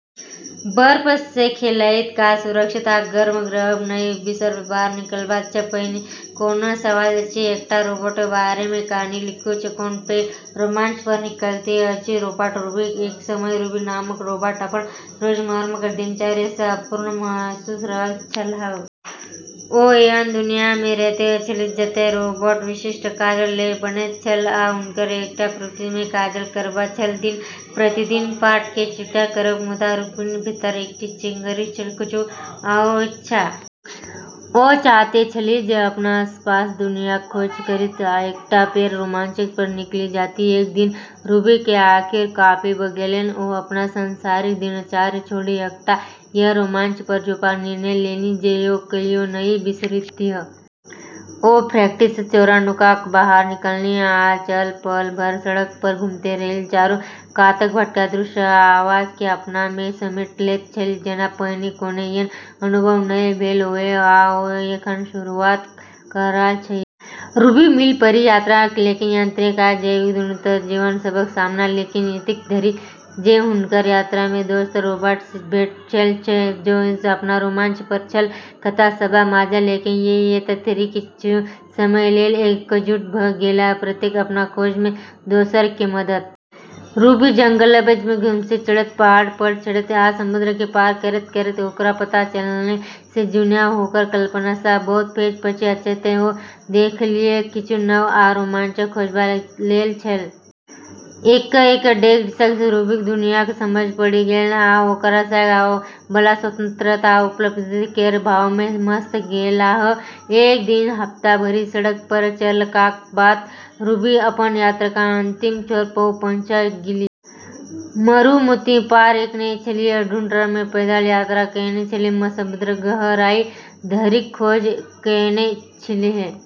बर्फ मे खेलाइत काल सुरक्षित आ गर्म रहब नहि बिसरब। बाहर निकलबा सँ पहिने कोनो सवाल अछि? एकटा रोबोटक बारे मे कहानी लिखू जे कोनो पैघ रोमांच पर निकलैत अछि। रोबोट रूबी: एक समय रूबी नामक रोबोट अपन रोजमर्राक दिनचर्या सँ अपूर्ण महसूस कऽ रहल छलाह। ओ एहन दुनिया मे रहैत छलीह जतय रोबोट विशिष्ट काज लेल बनैत छल आ हुनकर एकटा फैक्ट्री मे काज करबाक छल, दिन-प्रतिदिन पार्ट केँ इकट्ठा करब। मुदा रूबीक भीतर एकटा चिंगारी छलैन, किछु आओरक इच्छा। ओ चाहैत छलीह जे अपन आसपासक दुनियाक खोज करथि आ एकटा पैघ रोमांच पर निकलि जाथि। एक दिन रूबी केँ आखिरकार काफी भऽ गेलैन। ओ अपन सांसारिक दिनचर्या छोड़ि एकटा एहन रोमांच पर जेबाक निर्णय लेलनि जे ओ कहियो नहि बिसरतीह। ओ फैक्ट्री सँ चोरा-नुका कऽ बाहर निकललीह आ चहल-पहल भरल सड़क पर घुमैत रहलीह, चारू कातक सभटा दृश्य आ आवाज केँ अपना मे समेटि लैत छलीह। जेना पहिने कोनो एहन अनुभव नहि भेल होअए आ ओ एखन शुरुआत कऽ रहल छलीह। रूबी मील भरि यात्रा केलनि, यांत्रिक आ जैविक दुनू तरहक जीव सभक सामना केलनि। एतेक धरि जे हुनकर यात्रा मे दोसर रोबोट सँ भेंट भेल छल, जे सेहो अपन रोमांच पर छल। कथा सभ साझा केलनि आ एतय धरि कि किछु समय लेल एकजुट भऽ गेलाह, प्रत्येक अपन खोज मे दोसर केँ मदद केलनि। रूबी जंगलक बीच मे घुमैत-चढ़ैत, पहाड़ पर चढ़ैत आ समुद्र केँ पार करैत-करैत ओकरा पता चललैन जे दुनिया ओकर कल्पना सँ बहुत पैघ अछि। जतय ओ देखलीह, किछु नव आ रोमांचक खोजबा लेल छल। एक-एक डेगक सँग रूबीक दुनियाक समझ बढ़ि गेलैन आ ओकरा सँग आवै बला स्वतंत्रता आ उपलब्धि केर भाव मे मस्त भऽ गेलाह। एक दिन हफ्ता भरि सड़क पर चललाक बाद रूबी अपन यात्राक अंतिम छोर पर पहुँचि गेलीह। मरुभूमि पार कएने छलीह, टुंड्रा मे पैदल यात्रा कएने छलीह, समुद्रक गहराई धरिक खोज कएने छलीह।